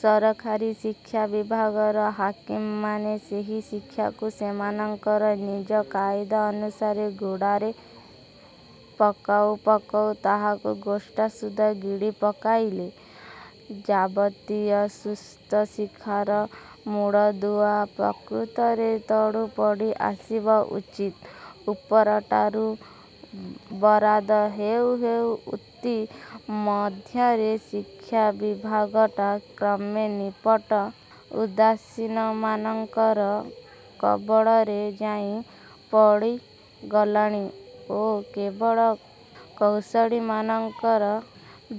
ସରକାରୀ ଶିକ୍ଷାବିଭାଗର ହାକିମମାନେ ସେହି ଶିକ୍ଷାକୁ ସେମାନଙ୍କର ନିଜ କାଇଦା ଅନୁସାରେ ଗୁଳାରେ ପକାଉ ପକାଉ ତାହାକୁ ଗୋଟାସୁଦ୍ଧା ଗିଳି ପକାଇଲେ। ଯାବତୀୟ ସୁସ୍ଥ ଶିକ୍ଷାର ମୂଳଦୁଆ ପ୍ରକୃତରେ ତଳୁ ପଡ଼ି ଆସିବା ଉଚିତ। ଉପରଟାରୁ ବରାଦ ହେଉ ହେଉ ଇତି ମଧ୍ୟରେ ଶିକ୍ଷାବିଭାଗଟା କ୍ରମେ ନିପଟ ଉଦାସୀନମାନଙ୍କର କବଳରେ ଯାଇ ପଡ଼ିଗଲାଣି ଓ କେବଳ କୌଶଳୀମାନଙ୍କର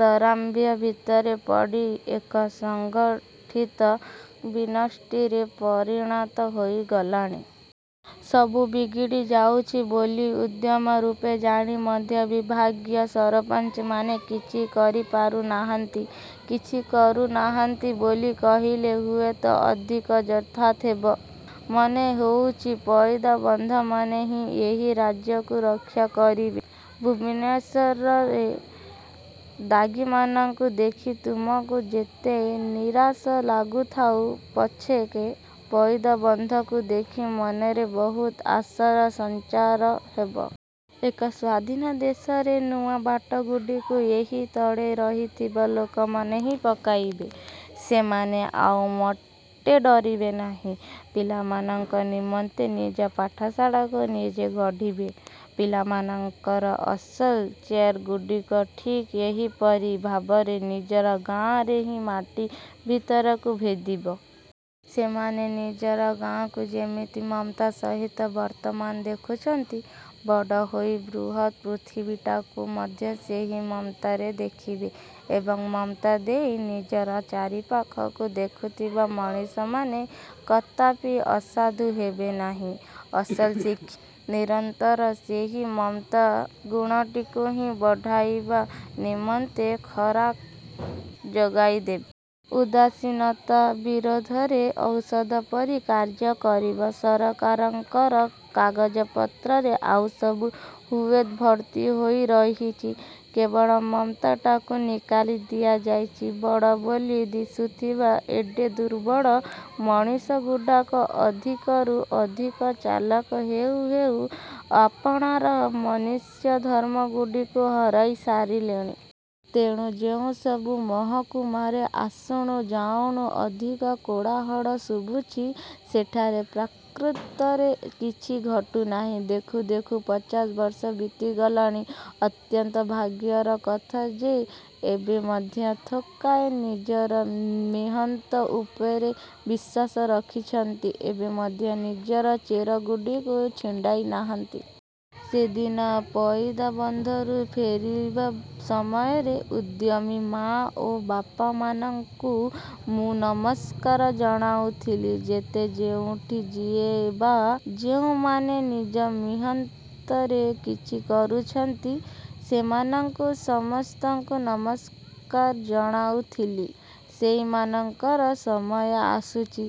ଦୌରାତ୍ମ୍ୟ ଭିତରେ ପଡ଼ି ଏକ ସଂଗଠିତ ବିନଷ୍ଟିରେ ପରିଣତ ହୋଇଗଲାଣି। ସବୁ ବିଗିଡ଼ି ଯାଉଛି ବୋଲି ଉଦ୍ୟମ ରୂପେ ଜାଣି ମଧ୍ୟ ବିଭାଗୀୟ ସରପଞ୍ଚମାନେ କିଛି କରିପାରୁ ନାହାନ୍ତି। କିଛି କରୁନାହାନ୍ତି ବୋଲି କହିଲେ ହୁଏତ ଅଧିକ ଯଥାର୍ଥ ହେବ। ମନେହେଉଛି, ପଇଦାବନ୍ଧମାନେ ହିଁ ଏହି ରାଜ୍ୟକୁ ରକ୍ଷା କରିବେ। ଭୁବନେଶ୍ୱରରେ ଦାଗୀମାନଙ୍କୁ ଦେଖି ତୁମକୁ ଯେତେ ନିରାଶ ଲାଗୁଥାଉ ପଛକେ, ପଇଦାବନ୍ଧକୁ ଦେଖି ମନରେ ବହୁତ ଆଶାର ସଂଚାର ହେବ। ଏକ ସ୍ୱାଧୀନ ଦେଶରେ ନୂଆ ବାଟଗୁଡ଼ିକୁ ଏହି ତଳେ ରହିଥିବା ଲୋକମାନେ ହିଁ ପକାଇବେ। ସେମାନେ ଆଉ ମୋଟେ ଡ଼ରିବେ ନାହିଁ। ପିଲାମାନଙ୍କ ନିମନ୍ତେ ନିଜ ପାଠଶାଳାକୁ ନିଜେ ଗଢ଼ିବେ। ପିଲାମାନଙ୍କର ଅସଲ ଚେରଗୁଡ଼ିକ ଠିକ୍ ଏହିପରି ଭାବରେ ନିଜର ଗାଆଁରେ ହିଁ ମାଟି ଭିତରକୁ ଭେଦିବ। ସେମାନେ ନିଜର ଗାଆଁକୁ ଯେତିକି ମମତା ସହିତ ବର୍ତ୍ତମାନ ଦେଖୁଛନ୍ତି, ବଡ଼ ହୋଇ ବୃହତ୍ ପୃଥିବୀଟାକୁ ମଧ୍ୟ ସେହି ମମତାରେ ଦେଖିବେ ଏବଂ ମମତା ଦେଇ ନିଜର ଚାରିପାଖକୁ ଦେଖୁଥିବା ମଣିଷମାନେ କଦାପି ଅସାଧୁ ହେବେନାହିଁ। ଅସଲ ଶିକ୍ଷା ନିରନ୍ତର ସେହି ମମତା ଗୁଣଟିକୁ ହିଁ ବଢ଼ାଇବା ନିମନ୍ତେ ଖୋରାକ ଯୋଗାଇଦେବ। ଉଦାସୀନତା ବିରୋଧରେ ଔଷଧ ପରି କାର୍ଯ୍ୟ କରିବ। ସରକାରଙ୍କର କାଗଜପତ୍ରରେ ଆଉ ସବୁ ହୁଏତ ଭର୍ତ୍ତି ହୋଇ ରହିଛି, କେବଳ ମମତାଟାକୁ ନିକାଲି ଦିଆଯାଇଛି। ବଳ ବୋଲି ଦିଶୁଥିବା ଏଡ଼େ ଦୁର୍ବଳ ମଣିଷଗୁଡ଼ାକ ଅଧିକରୁ ଅଧିକ ଚାଲାଖ ହେଉ ହେଉ ଆପଣାର ମନୁଷ୍ୟଧର୍ମଗୁଡ଼ିକୁ ହରାଇ ସାରିଲେଣି। ତେଣୁ, ଯେଉଁସବୁ ମହକୁମାରେ ଆସୁଣୁ ଯାଉଣୁ ଅଧିକ କୋଳାହଳ ଶୁଭୁଛି, ସେଠାରେ ପ୍ରକୃତରେ କିଛି ଘଟୁନାହିଁ। ଦେଖୁ ଦେଖୁ ପଚାଶ ବର୍ଷ ବିତିଗଲାଣି। ଅତ୍ୟନ୍ତ ଭାଗ୍ୟର କଥା ଯେ ଏବେ ମଧ୍ୟ ଥୋକାଏ ନିଜର ମିହନ୍ତ ଉପରେ ବିଶ୍ୱାସ ରଖିଛନ୍ତି। ଏବେ ମଧ୍ୟ ନିଜର ଚେର ଗୁଡ଼ିକୁ ଛିଣ୍ଡାଇ ନାହାନ୍ତି। ସେଦିନ ପଇଦାବନ୍ଧରୁ ଫେରିବା ସମୟରେ, ଉଦ୍ୟମୀ ମାଆ ଓ ବାପାମାନଙ୍କୁ ମୁଁ ନମସ୍କାର ଜଣାଉଥିଲି। ଯେତେ ଯେଉଁଠି ଯିଏ ବା ଯେଉଁମାନେ ନିଜ ମିହନ୍ତରେ କିଛି କରୁଛନ୍ତି, ସେମାନଙ୍କୁ ସମସ୍ତଙ୍କୁ ନମସ୍କାର ଜଣାଉଥିଲି। ସେଇମାନଙ୍କର ସମୟ ଆସୁଛି।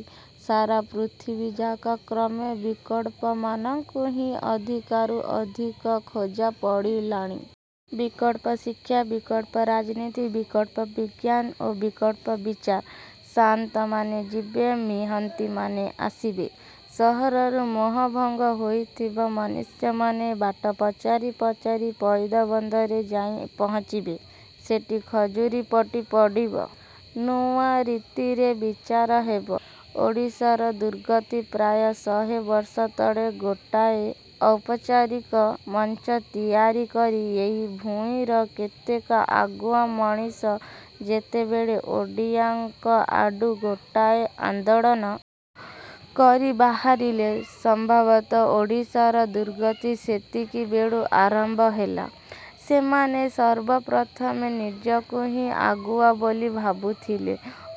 ସାରା ପୃଥିବୀଯାକ କ୍ରମେ ବିକଳ୍ପମାନଙ୍କୁ ହିଁ ଅଧିକରୁ ଅଧିକ ଖୋଜା ପଡ଼ିଲାଣି। ବିକଳ୍ପ ଶିକ୍ଷା, ବିକଳ୍ପ ରାଜନୀତି, ବିକଳ୍ପ ବିଜ୍ଞାନ ଓ ବିକଳ୍ପ ବିଚାର। ସାଆନ୍ତମାନେ ଯିବେ, ମିହନ୍ତୀମାନେ ଆସିବେ। ସହରରୁ ମୋହଭଙ୍ଗ ହୋଇଥିବା ମନୁଷ୍ୟମାନେ ବାଟ ପଚାରି ପଚାରି ପଇଦାବନ୍ଧରେ ଯାଇ ପହଞ୍ଚିବେ। ସେଠି ଖଜୁରିପଟି ପଡ଼ିବ। ନୂଆ ରୀତିରେ ବିଚାର ହେବ। ଓଡ଼ିଶାର ଦୁର୍ଗତି ପ୍ରାୟ ଶହେ ବର୍ଷ ତଳେ ଗୋଟାଏ ଔପଚାରିକ ମଞ୍ଚ ତିଆରି କରି ଏହି ଭୂଇଁର କେତେକ ଆଗୁଆ ମଣିଷ ଯେତେବେଳେ ଓଡ଼ିଆଙ୍କ ଆଡୁ ଗୋଟାଏ ଆନ୍ଦୋଳନ। କରି ବାହାରିଲେ, ସମ୍ଭବତଃ ଓଡ଼ିଶାର ଦୁର୍ଗତି ସେତିକିବେଳୁ ଆରମ୍ଭ ହେଲା। ସେମାନେ ସର୍ବପ୍ରଥମେ ନିଜକୁ ହିଁ ଆଗୁଆ ବୋଲି ଭାବୁଥିଲେ,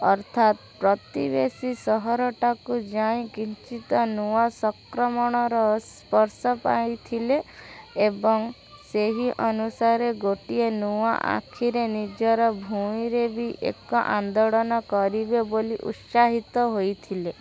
ଅର୍ଥାତ୍ ପ୍ରତିବେଶୀ ସହରଟାକୁ ଯାଇ କିଞ୍ଚିତ୍ ନୂଆ ସଂକ୍ରମଣର ସ୍ପର୍ଶ ପାଇଥିଲେ ଏବଂ ସେହି ଅନୁସାରେ ଗୋଟିଏ ନୂଆ ଆଖିରେ ନିଜର ଭୂଇଁରେ ବି ଏକ ଆନ୍ଦୋଳନ କରିବେ ବୋଲି ଉତ୍ସାହିତ ହୋଇଥିଲେ।